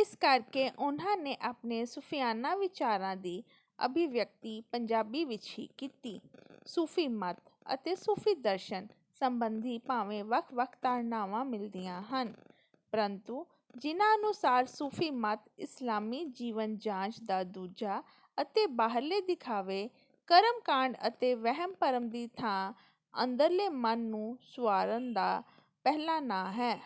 ਇਸ ਕਰਕੇ ਉਹਨਾਂ ਨੇ ਆਪਣੇ ਸੂਫ਼ੀਆਨਾ ਵਿਚਾਰਾਂ ਦੀ ਅਭਿਵਿਅਕਤੀ ਪੰਜਾਬੀ ਵਿੱਚ ਹੀ ਕੀਤੀ। ਸੂਫ਼ੀ ਮਤ ਅਤੇ ਸੂਫ਼ੀ ਦਰਸ਼ਨ ਸੰਬੰਧੀ ਭਾਵੇਂ ਵੱਖ-ਵੱਖ ਧਾਰਨਾਵਾਂ ਮਿਲਦੀਆਂ ਹਨ, ਪ੍ਰੰਤੂ ਜਿਨ੍ਹਾਂ ਅਨੁਸਾਰ ਸੂਫ਼ੀ ਮਤ ਇਸਲਾਮੀ ਜੀਵਨ-ਜਾਂਚ ਦਾ ਦੂਜਾ ਅਤੇ ਬਾਹਰਲੇ ਦਿਖਾਵੇ, ਕਰਮਕਾਂਡ ਅਤੇ ਵਹਿਮ-ਭਰਮ ਦੀ ਥਾਂ ਅੰਦਰਲੇ ਮਨ ਨੂੰ ਸੁਆਰਨ ਦਾ ਪਹਿਲਾ ਨਾਂ ਹੈ।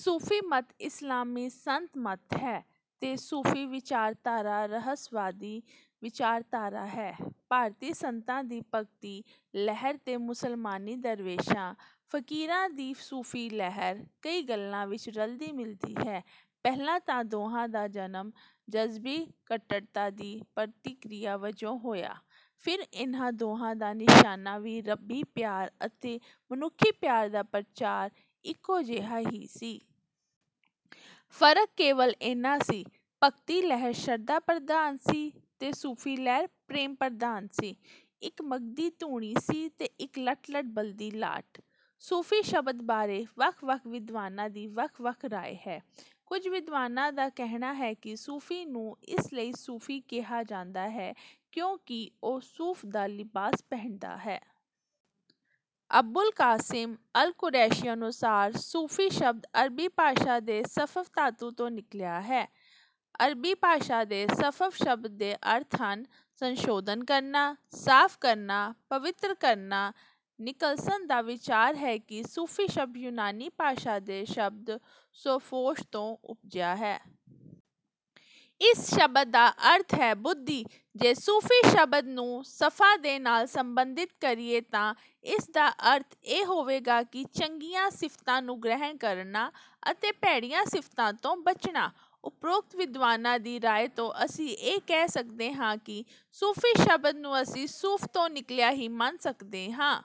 "ਸੂਫ਼ੀ ਮਤ ਇਸਲਾਮੀ ਸੰਤ ਮਤ ਹੈ ਤੇ ਸੂਫ਼ੀ ਵਿਚਾਰਧਾਰਾ ਰਹੱਸਵਾਦੀ ਵਿਚਾਰਧਾਰਾ ਹੈ।" ਭਾਰਤੀ ਸੰਤਾਂ ਦੀ ਭਗਤੀ ਲਹਿਰ ਤੇ ਮੁਸਲਮਾਨੀ ਦਰਵੇਸ਼ਾਂ, ਫ਼ਕੀਰਾਂ ਦੀ ਸੂਫ਼ੀ ਲਹਿਰ ਕਈਆਂ ਗੱਲਾਂ ਵਿੱਚ ਰਲਦੀ-ਮਿਲਦੀ ਹੈ। ਪਹਿਲਾਂ ਤਾਂ ਦੋਹਾਂ ਦਾ ਜਨਮ ਮਜ਼੍ਹਬੀ ਕੱਟੜਤਾ ਦੀ ਪ੍ਰਤੀਕ੍ਰਿਆ ਵਜੋਂ ਹੋਇਆ, ਫਿਰ ਇਹਨਾਂ ਦੋਹਾਂ ਦਾ ਨਿਸ਼ਾਨਾ ਵੀ ਰੱਬੀ ਪਿਆਰ ਤੇ ਮਨੁੱਖੀ ਪਿਆਰ ਦਾ ਪ੍ਰਚਾਰ ਇੱਕੋ ਜਿਹਾ ਹੀ ਸੀ। ਫ਼ਰਕ ਕੇਵਲ ਇੰਨਾ ਸੀ, ਭਗਤੀ ਲਹਿਰ ਸ਼ਰਧਾ-ਪ੍ਰਧਾਨ ਸੀ ਤੇ ਸੂਫ਼ੀ ਲਹਿਰ ਪ੍ਰੇਮ-ਪ੍ਰਧਾਨ ਸੀ। ਇੱਕ ਮਘਦੀ ਧੂਣੀ ਸੀ ਤੇ ਇੱਕ ਲਟ-ਲਟ ਬਲਦੀ ਲਾਟ। ਸੂਫ਼ੀ ਸ਼ਬਦ ਬਾਰੇ ਵੱਖ-ਵੱਖ ਵਿਦਵਾਨਾਂ ਦੀ ਵੱਖ-ਵੱਖ ਰਾਇ ਹੈ। ਕੁਝ ਵਿਦਵਾਨਾਂ ਦਾ ਕਹਿਣਾ ਹੈ ਕਿ 'ਸੂਫ਼ੀ' ਨੂੰ ਇਸ ਲਈ 'ਸੂਫ਼ੀ' ਕਿਹਾ ਜਾਂਦਾ ਹੈ ਕਿਉਂਕਿ ਉਹ ਸੂਫ਼ ਦਾ ਲਿਬਾਸ ਪਹਿਨਦਾ ਹੈ। ਅਬੁਲ ਕਾਸਿਮ ਅਲ-ਕੁਸ਼ੈਰੀ ਅਨੁਸਾਰ ਸੂਫ਼ੀ ਸ਼ਬਦ ਅਰਬੀ ਭਾਸ਼ਾ ਦੇ ਸਫ਼ਵ ਧਾਤੂ ਤੋਂ ਨਿਕਲਿਆ ਹੈ। ਅਰਬੀ ਭਾਸ਼ਾ ਦੇ ਸਫ਼ਵ ਸ਼ਬਦ ਦੇ ਅਰਥ ਹਨ - ਸੰਸ਼ੋਧਨ ਕਰਨਾ, ਸਾਫ਼ ਕਰਨਾ, ਪਵਿੱਤਰ ਕਰਨਾ। ਨਿਕਲਸਨ ਦਾ ਵਿਚਾਰ ਹੈ ਕਿ ਸੂਫ਼ੀ ਸ਼ਬਦ ਯੂਨਾਨੀ ਭਾਸ਼ਾ ਦੇ ਸ਼ਬਦ 'ਸੋਫ਼ੋਸ' ਤੋਂ ਉਪਜਿਆ ਹੈ। ਇਸ ਸ਼ਬਦ ਦਾ ਅਰਥ ਹੈ 'ਬੁੱਧੀ'। ਜੇ ਸੂਫ਼ੀ ਸ਼ਬਦ ਨੂੰ 'ਸ਼ਫ਼ਾ' ਦੇ ਨਾਲ ਸਬੰਧਿਤ ਕਰੀਏ ਤਾਂ ਇਸ ਦਾ ਅਰਥ ਇਹ ਹੋਵੇਗਾ ਕਿ ਚੰਗੀਆਂ ਸਿਫ਼ਤਾਂ ਨੂੰ ਗ੍ਰਹਿਣ ਕਰਨਾ ਅਤੇ ਭੈੜੀਆਂ ਸਿਫ਼ਤਾਂ ਤੋਂ ਬਚਣਾ। ਉਪਰੋਕਤ ਵਿਦਵਾਨਾਂ ਦੀ ਰਾਇ ਤੋਂ ਅਸੀਂ ਇਹ ਕਹਿ ਸਕਦੇ ਹਾਂ ਕਿ ਸੂਫ਼ੀ ਸ਼ਬਦ ਨੂੰ ਅਸੀਂ 'ਸੂਫ਼' ਤੋਂ ਨਿਕਲਿਆ ਹੀ ਮੰਨ ਸਕਦੇ ਹਾਂ।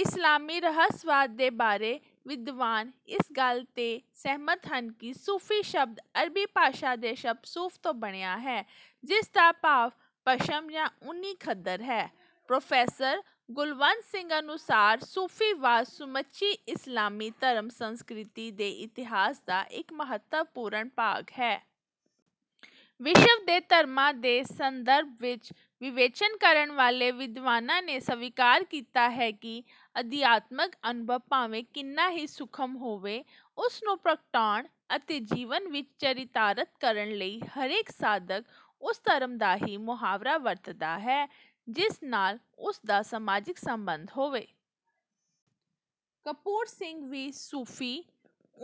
"ਇਸਲਾਮੀ ਰਹੱਸਵਾਦ ਦੇ ਬਹੁਤੇ ਵਿਦਵਾਨ ਇਸ ਗੱਲ 'ਤੇ ਸਹਿਮਤ ਹਨ ਕਿ 'ਸੂਫ਼ੀ' ਸ਼ਬਦ ਅਰਬੀ ਭਾਸ਼ਾ ਦੇ ਸ਼ਬਦ 'ਸੂਫ਼' ਤੋਂ ਬਣਿਆ ਹੈ, ਜਿਸ ਦਾ ਭਾਵ ਪਸ਼ਮ ਜਾਂ ਉੱਨੀ ਖੱਦਰ ਹੈ।" ਪ੍ਰੋਫੈਸਰ ਗੁਲਵੰਤ ਸਿੰਘ ਅਨੁਸਾਰ ਸੂਫ਼ੀਵਾਦ ਸਮੁੱਚੀ ਇਸਲਾਮੀ ਧਰਮ-ਸੰਸਕ੍ਰਿਤੀ ਦੇ ਇਤਿਹਾਸ ਦਾ ਇੱਕ ਮਹੱਤਵਪੂਰਨ ਭਾਗ ਹੈ। ਵਿਸ਼ਵ ਦੇ ਧਰਮਾਂ ਦੇ ਸੰਦਰਭ ਵਿੱਚ ਵਿਵੇਚਨ ਕਰਨ ਵਾਲੇ ਵਿਦਵਾਨਾਂ ਨੇ ਸਵੀਕਾਰ ਕੀਤਾ ਹੈ ਕਿ ਅਧਿਆਤਮਿਕ ਅਨੁਭਵ ਭਾਵੇਂ ਕਿੰਨਾ ਵੀ ਸੂਖਮ ਹੋਵੇ, ਉਸ ਨੂੰ ਪ੍ਰਗਟਾਉਣ ਅਤੇ ਜੀਵਨ ਵਿੱਚ ਚਰਿਤਾਰਥ ਕਰਨ ਲਈ ਹਰੇਕ ਸਾਧਕ ਉਸ ਧਰਮ ਦਾ ਹੀ ਮੁਹਾਵਰਾ ਵਰਤਦਾ ਹੈ, ਜਿਸ ਨਾਲ ਉਸ ਦਾ ਸਮਾਜਿਕ ਸਬੰਧ ਹੋਵੇ। ਕਪੂਰ ਸਿੰਘ ਵੀ ਸੂਫ਼ੀ,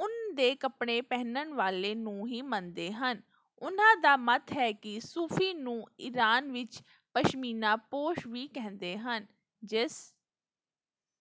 ਊਨ ਦੇ ਕੱਪੜੇ ਪਹਿਨਣ ਵਾਲੇ ਨੂੰ ਹੀ ਮੰਨਦੇ ਹਨ। ਉਹਨਾਂ ਦਾ ਮੱਤ ਹੈ ਕਿ "ਸੂਫ਼ੀ ਨੂੰ ਈਰਾਨ ਵਿੱਚ 'ਪਸ਼ਮੀਨਾ-ਪੋਸ਼' ਵੀ ਕਹਿੰਦੇ ਹਨ, ਜਿਸ